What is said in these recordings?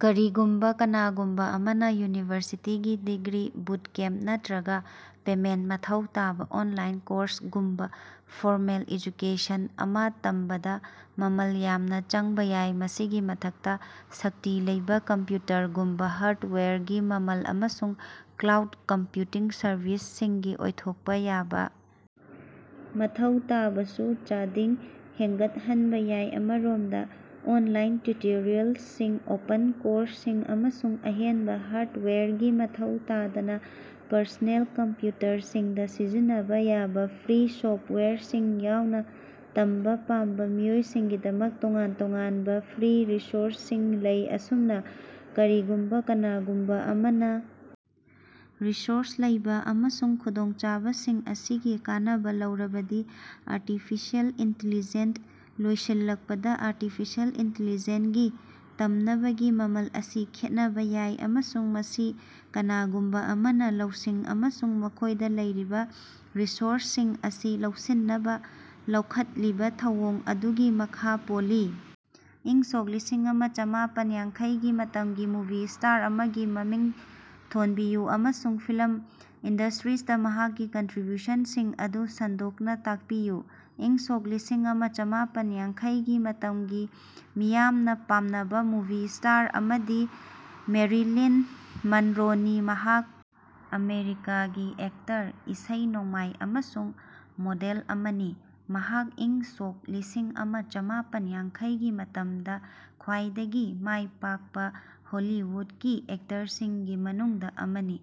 ꯀꯔꯤꯒꯨꯝꯕꯥ ꯀꯅꯥꯒꯨꯝꯕꯥ ꯑꯃꯅꯥ ꯌꯨꯅꯤꯚꯔꯁꯤꯇꯤꯒꯤ ꯗꯤꯒ꯭ꯔꯤ, ꯕꯨꯠꯀꯦꯝꯄ ꯅꯠꯇ꯭ꯔꯒꯥ ꯄꯦꯃꯦꯟꯇ ꯃꯊꯧ ꯇꯥꯕꯥ ꯑꯣꯟꯂꯥꯏꯟ ꯀꯣꯔꯁꯒꯨꯝꯕꯥ ꯐꯣꯔꯃꯦꯜ ꯑꯦꯖꯨꯀꯦꯁꯟ ꯑꯃꯥ ꯇꯝꯕꯗꯥ ꯃꯃꯜ ꯌꯥꯝꯅꯥ ꯆꯪꯕꯥ ꯌꯥꯏ꯫ ꯃꯁꯤꯒꯤ ꯃꯊꯛꯇꯥ, ꯁꯛꯇꯤ ꯂꯩꯕꯥ ꯀꯝꯄ꯭ꯌꯨꯇꯔꯒꯨꯝꯕꯥ ꯍꯥꯔꯠꯋꯥꯌꯔꯒꯤ ꯃꯃꯜ ꯑꯃꯁꯨꯡ ꯀ꯭ꯂꯥꯎꯠ ꯀꯝꯄ꯭ꯌꯨꯇꯤꯡ ꯁꯔꯚꯤꯁꯁꯤꯡꯒꯤ ꯑꯣꯏꯊꯣꯛꯄꯥ ꯌꯥꯕꯥ ꯃꯊꯧ ꯇꯥꯕꯁꯨ ꯆꯥꯗꯤꯡ ꯍꯦꯟꯒꯠꯍꯟꯕꯥ ꯌꯥꯏ꯫ ꯑꯃꯔꯣꯝꯗꯥ, ꯑꯣꯟꯂꯥꯏꯟ ꯇꯤꯎꯇꯣꯔꯤꯌꯦꯜꯁꯤꯡ, ꯑꯣꯄꯟ ꯀꯣꯔꯁꯁꯤꯡ ꯑꯃꯁꯨꯡ ꯑꯍꯦꯟꯕꯥ ꯍꯥꯔꯠꯋꯥꯌꯔꯒꯤ ꯃꯊꯧ ꯇꯥꯗꯅꯥ ꯄꯔꯁꯣꯅꯦꯜ ꯀꯝꯄ꯭ꯌꯨꯇꯔꯁꯤꯡꯗꯥ ꯁꯤꯖꯤꯟꯅꯕꯥ ꯌꯥꯕꯥ ꯐ꯭ꯔꯤ ꯁꯣꯞꯋꯥꯌꯔꯁꯤꯡ ꯌꯥꯎꯅꯥ, ꯇꯝꯕꯥ ꯄꯥꯝꯕꯥ ꯃꯤꯑꯣꯏꯁꯤꯡꯒꯤꯗꯃꯛ ꯇꯣꯉꯥꯟ-ꯇꯣꯉꯥꯟꯕꯥ ꯐ꯭ꯔꯤ ꯔꯤꯁꯣꯔꯁꯁꯤꯡ ꯂꯩ꯫ ꯑꯁꯨꯝꯅꯥ, ꯀꯔꯤꯒꯨꯝꯕꯥ ꯀꯅꯥꯒꯨꯝꯕꯥ ꯑꯃꯅꯥ ꯔꯤꯁꯣꯔꯁ ꯂꯩꯕꯥ ꯑꯃꯁꯨꯡ ꯈꯨꯗꯣꯡꯆꯥꯕꯁꯤꯡ ꯑꯁꯤꯒꯤ ꯀꯥꯟꯅꯕꯥ ꯂꯧꯔꯕꯗꯤ ꯑꯔꯇꯤꯐꯤꯁꯦꯜ ꯏꯟꯇꯤꯂꯤꯖꯦꯟ ꯂꯣꯏꯁꯤꯜꯂꯛꯄꯗꯥ ꯑꯔꯇꯤꯐꯤꯁꯦꯜ ꯏꯟꯇꯤꯂꯤꯖꯦꯟꯒꯤ ꯇꯝꯅꯕꯒꯤ ꯃꯃꯜ ꯑꯁꯤ ꯈꯦꯠꯅꯕꯥ ꯌꯥꯏ ꯑꯃꯁꯨꯡ ꯃꯁꯤ ꯀꯅꯥꯒꯨꯝꯕꯥ ꯑꯃꯅꯥ ꯂꯧꯁꯤꯡ ꯑꯃꯁꯨꯡ ꯃꯈꯣꯏꯗꯥ ꯂꯩꯔꯤꯕꯥ ꯔꯤꯁꯣꯔꯁꯁꯤꯡ ꯑꯁꯤ ꯂꯧꯁꯤꯟꯅꯕꯥ ꯂꯧꯈꯠꯂꯤꯕꯥ ꯊꯧꯑꯣꯡ ꯑꯗꯨꯒꯤ ꯃꯈꯥ ꯄꯣꯜꯂꯤ꯫ ꯏꯪ ꯁꯣꯛ ꯂꯤꯁꯤꯑꯃ ꯆꯥꯝꯃꯥꯄꯟ ꯌꯥꯡꯈꯩꯒꯤ ꯃꯇꯝꯒꯤ ꯃꯨꯚꯤ ꯁ꯭ꯇꯥꯔ ꯑꯃꯒꯤ ꯃꯃꯤꯡ ꯊꯣꯟꯕꯤꯌꯨ ꯑꯃꯁꯨꯡ ꯐꯤꯂꯝ ꯏꯟꯗꯁꯇ꯭ꯔꯤꯗꯥ ꯃꯍꯥꯛꯀꯤ ꯀꯟꯇ꯭ꯔꯤꯕ꯭ꯌꯨꯁꯟꯁꯤꯡ ꯑꯗꯨ ꯁꯟꯗꯣꯛꯅꯥ ꯇꯥꯛꯄꯤꯌꯨ꯫ ꯏꯪ ꯁꯣꯛ ꯂꯤꯁꯤꯑꯃ ꯆꯥꯝꯃꯥꯄꯟ ꯌꯥꯡꯈꯩꯒꯤ ꯃꯇꯝꯒꯤ ꯃꯤꯌꯥꯝꯅꯥ ꯄꯥꯝꯅꯕꯥ ꯃꯨꯚꯤ ꯁ꯭ꯇꯥꯔ ꯑꯃꯗꯤ ꯃꯦꯔꯤꯂꯤꯟ ꯃꯟꯔꯣꯅꯤ꯫ ꯃꯍꯥꯛ ꯑꯃꯦꯔꯤꯀꯥꯒꯤ ꯑꯦꯛꯇꯔ, ꯏꯁꯩ ꯅꯣꯡꯃꯥꯏ ꯑꯃꯁꯨꯡ ꯃꯣꯗꯦꯜ ꯑꯃꯅꯤ, ꯃꯍꯥꯛ ꯏꯪ ꯁꯣꯛ ꯂꯤꯁꯤꯑꯃ ꯆꯥꯝꯃꯥꯄꯟ ꯌꯥꯡꯈꯩꯒꯤ ꯃꯇꯝꯗꯥ ꯈ꯭ꯋꯥꯏꯗꯒꯤ ꯃꯥꯏꯄꯥꯛꯄꯥ ꯍꯣꯂꯤꯋꯨꯠꯀꯤ ꯑꯦꯛꯇꯔꯁꯤꯡꯒꯤ ꯃꯅꯨꯡꯗꯥ ꯑꯃꯅꯤ꯫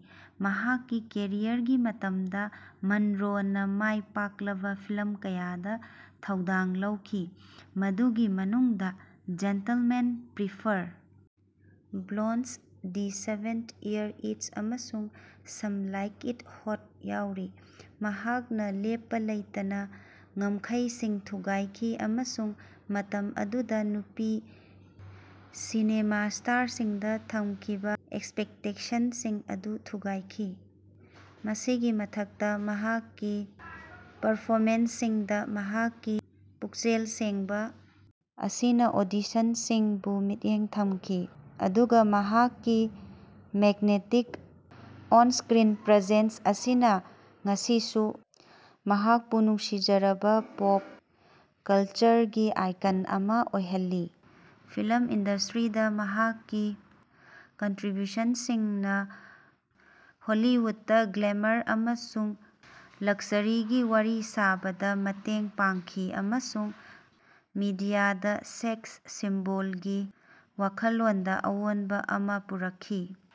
ꯃꯍꯥꯛꯀꯤ ꯀꯦꯔꯤꯌꯔꯒꯤ ꯃꯇꯝꯗꯥ ꯃꯟꯔꯣꯅꯥ ꯃꯥꯏꯄꯥꯛꯂꯕꯥ ꯐꯤꯂꯝ ꯀꯌꯥꯗꯥ ꯊꯧꯗꯥꯡ ꯂꯧꯈꯤ, ꯃꯗꯨꯒꯤ ꯃꯅꯨꯡꯗꯥ "gentlemen prefer blondes", "the seven year itch" ꯑꯃꯁꯨꯡ "ꯁꯝ ꯂꯥꯏꯛ ꯏꯠ ꯍꯣꯠ" ꯌꯥꯎꯔꯤ꯫ ꯃꯍꯥꯛꯅꯥ ꯂꯦꯞꯄꯥ ꯂꯩꯇꯅꯥ ꯉꯝꯈꯩꯁꯤꯡ ꯊꯨꯒꯥꯏꯈꯤ ꯑꯃꯁꯨꯡ ꯃꯇꯝ ꯑꯗꯨꯗꯥ ꯅꯨꯄꯤ ꯁꯤꯅꯦꯃꯥ ꯁ꯭ꯇꯥꯔꯁꯤꯡꯗꯥ ꯊꯝꯈꯤꯕꯥ ꯑꯦꯛꯁꯄꯦꯛꯇꯦꯁꯟꯁꯤꯡ ꯑꯗꯨ ꯊꯨꯒꯥꯏꯈꯤ꯫ ꯃꯁꯤꯒꯤ ꯃꯊꯛꯇꯥ, ꯃꯍꯥꯛꯀꯤ ꯄꯔꯐꯣꯃꯦꯟꯁꯁꯤꯡꯗꯥ ꯃꯍꯥꯛꯀꯤ ꯄꯨꯛꯆꯦꯜ ꯁꯦꯡꯕꯥ ꯑꯁꯤꯅꯥ ꯑꯣꯗꯤꯁꯟꯁꯤꯡꯕꯨ ꯃꯤꯠꯌꯦꯡ ꯊꯝꯈꯤ, ꯑꯗꯨꯒꯥ ꯃꯍꯥꯛꯀꯤ ꯃꯦꯛꯅꯦꯇꯤꯛ ꯑꯣꯟꯁꯀ꯭ꯔꯤꯟ ꯄ꯭ꯔꯦꯖꯦꯟꯁ ꯑꯁꯤꯅꯥ ꯉꯁꯤꯁꯨ ꯃꯍꯥꯛꯄꯨ ꯅꯨꯡꯁꯤꯖꯔꯕꯥ ꯄꯣꯞ ꯀꯜꯆꯔꯒꯤ ꯑꯥꯏꯀꯟ ꯑꯃꯥ ꯑꯣꯏꯍꯜꯂꯤ꯫ ꯐꯤꯂꯝ ꯏꯟꯗꯁꯇ꯭ꯔꯤꯗꯥ ꯃꯍꯥꯛꯀꯤ ꯀꯟꯇ꯭ꯔꯤꯕ꯭ꯌꯨꯁꯟꯁꯤꯡꯅꯥ ꯍꯣꯂꯤꯋꯨꯗꯇꯥ ꯒ꯭ꯂꯦꯃꯔ ꯑꯃꯁꯨꯡ ꯂꯛꯁꯥꯔꯤꯒꯤ ꯋꯥꯔꯤ ꯁꯥꯕꯗꯥ ꯃꯇꯦꯡ ꯄꯥꯡꯈꯤ ꯑꯃꯁꯨꯡ ꯃꯤꯗꯤꯌꯥꯗꯥ ꯁꯦꯛꯁ ꯁꯤꯝꯕꯣꯜꯒꯤ ꯋꯥꯈꯜꯂꯣꯟꯗꯥ ꯑꯍꯣꯡꯕꯥ ꯑꯃꯥ ꯄꯨꯔꯛꯈꯤ꯫